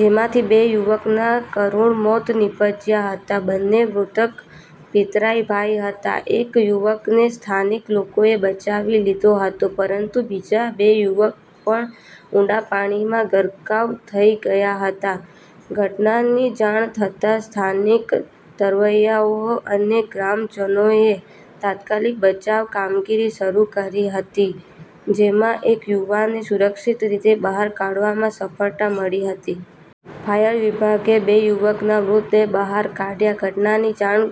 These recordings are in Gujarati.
જેમાંથી બે યુવકના કરુણ મોત નિપજ્યા હતા. બંને મૃતક પિતરાઈ ભાઈ હતા. એક યુવક ને સ્થાનિક લોકોએ બચાવી લીધો હતો, પરંતુ બીજા બે યુવક પણ ઊંડા પાણીમાં ગરકાવ થઈ ગયા હતા. ઘટનાની જાણ થતાં સ્થાનિક તરવૈયાઓ અને ગ્રામજનોએ તાત્કાલિક બચાવ કામગીરી શરૂ કરી હતી, જેમાં એક યુવકને સુરક્ષિત રીતે બહાર કાઢવામાં સફળતા મળી હતી. ફાયર વિભાગે બે યુવકોના મૃતદેહ બહાર કાઢ્યા, ઘટનાની જાણ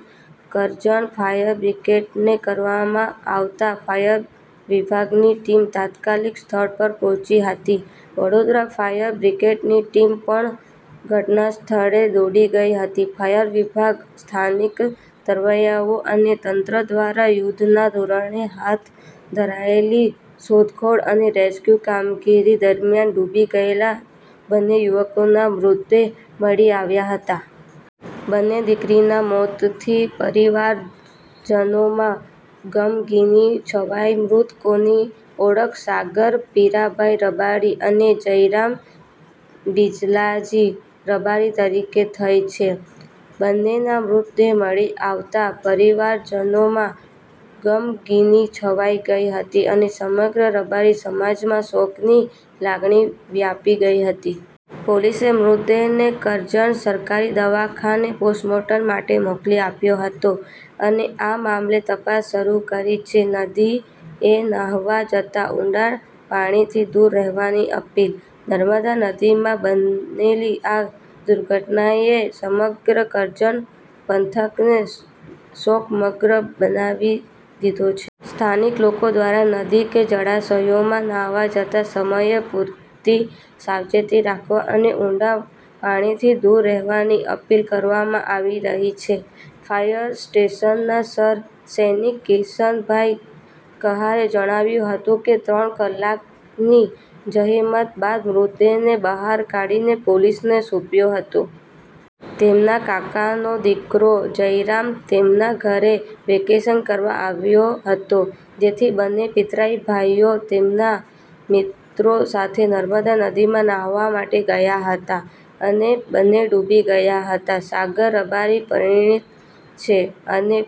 કરજણ ફાયર વિભાગને કરવામાં આવતા ફાયર વિભાગની ટીમ તાત્કાલિક સ્થળ પર પહોંચી હતી. વડોદરા ફાયર બ્રિગેડની ટીમ પણ ઘટના સ્થળે દોડી ગઈ હતી. ફાયર વિભાગ, સ્થાનિક તરવૈયાઓ અને તંત્ર દ્વારા યુદ્ધના ધોરણે હાથ ધરાયેલી શોધખોળ અને રેસ્ક્યુ કામગીરી દરમિયાન ડૂબી ગયેલા બંને યુવકોના મૃતદેહ મળી આવ્યા હતા. બંને દીકરાના મોતથી પરિવારજનોમાં ગમગીની છવાઈ મૃતકોની ઓળખ સાગર પીરાભાઈ રબારી અને જયરામ બિજલાજી રબારી તરીકે થઈ છે. બંનેના મૃતદેહ મળી આવતા પરિવારજનોમાં ગમગીની છવાઈ ગઈ હતી અને સમગ્ર રબારી સમાજમાં શોકની લાગણી વ્યાપી ગઈ હતી. પોલીસે મૃતદેહને કરજણ સરકારી દવાખાને પોસ્ટમોર્ટમ માટે મોકલી આપ્યો હતો અને આ મામલે તપાસ શરૂ કરી છે. નદી એ નાહવા જતાં ઊંડા પાણીથી દૂર રહેવાની અપીલ. નર્મદા નદીમાં બનેલી આ દુર્ઘટનાએ સમગ્ર કરજણ પંથકને શોકમગ્ન બનાવી દીધો છે. સ્થાનિક લોકો દ્વારા નદી કે જળાશયોમાં નાહવા જતાં સમયે પૂરતી સાવચેતી રાખવા અને ઊંડા પાણીથી દૂર રહેવાની અપીલ કરવામાં આવી રહી છે. ફાયર સ્ટેશનના સર સૈનિક કિશનભાઈ કહારે જણાવ્યું હતું કે, "ત્રણ કલાકની જહેમત બાદ મૃતદેહને બહાર કાઢીને પોલીસને સોંપ્યો હતો. તેમના કાકાનો દીકરો જયરામ તેમના ઘરે વેકેશન કરવા માટે આવ્યો હતો. જેથી બંને પિતરાઈ ભાઈઓ, તેમના મિત્રો સાથે નર્મદા નદીમાં નાહવા માટે ગયા હતા, અને બંને ડૂબી ગયા હતા. સાગર રબારી પરિણીત છે, અને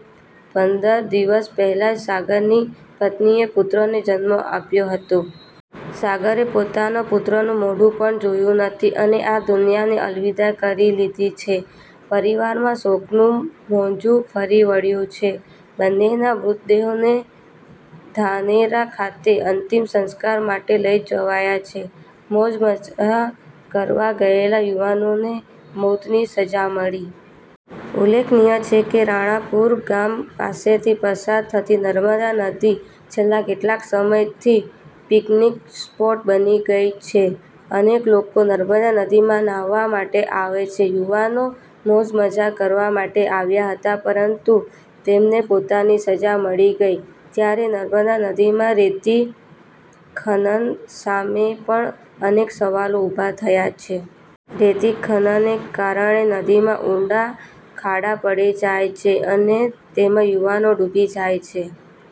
પંદર દિવસ પહેલા જ સાગરની પત્નીએ પુત્રને જન્મ આપ્યો હતો. સાગરે પોતાનો પુત્રનું મોઢું પણ જોયું નથી, અને આ દુનિયાને અલવિદા કરી દીધી છે. પરિવારમાં શોકનું મોજું ફરી વળ્યુ છે. બંનેના મૃતદેહોને ધાનેરા ખાતે અંતિમ સંસ્કાર માટે લઈ જવાયા છે. મોજ મજા કરવા ગયેલા યુવાનોને મોતની સજા મળી." ઉલ્લેખનીય છે કે, રણાપુર ગામ પાસેથી પસાર થતી નર્મદા નદી છેલ્લા કેટલાક સમયથી પિકનિક સ્પોટ બની ગઈ છે. અનેક લોકો નર્મદા નદીમાં નાહવા માટે આવે છે. યુવાનો મોજ મજા કરવા માટે આવ્યા હતા પરંતુ તેમને મોતની સજા મળી ગઈ, ત્યારે નર્મદા નદીમાં રેતી ખનન સામે પણ અનેક સવાલો ઊભા થયા છે. રેતી ખનનને કારણે નદીમાં ઊંડા ખાડા પડી જાય છે અને તેમાં યુવાનો ડૂબી જાય છે.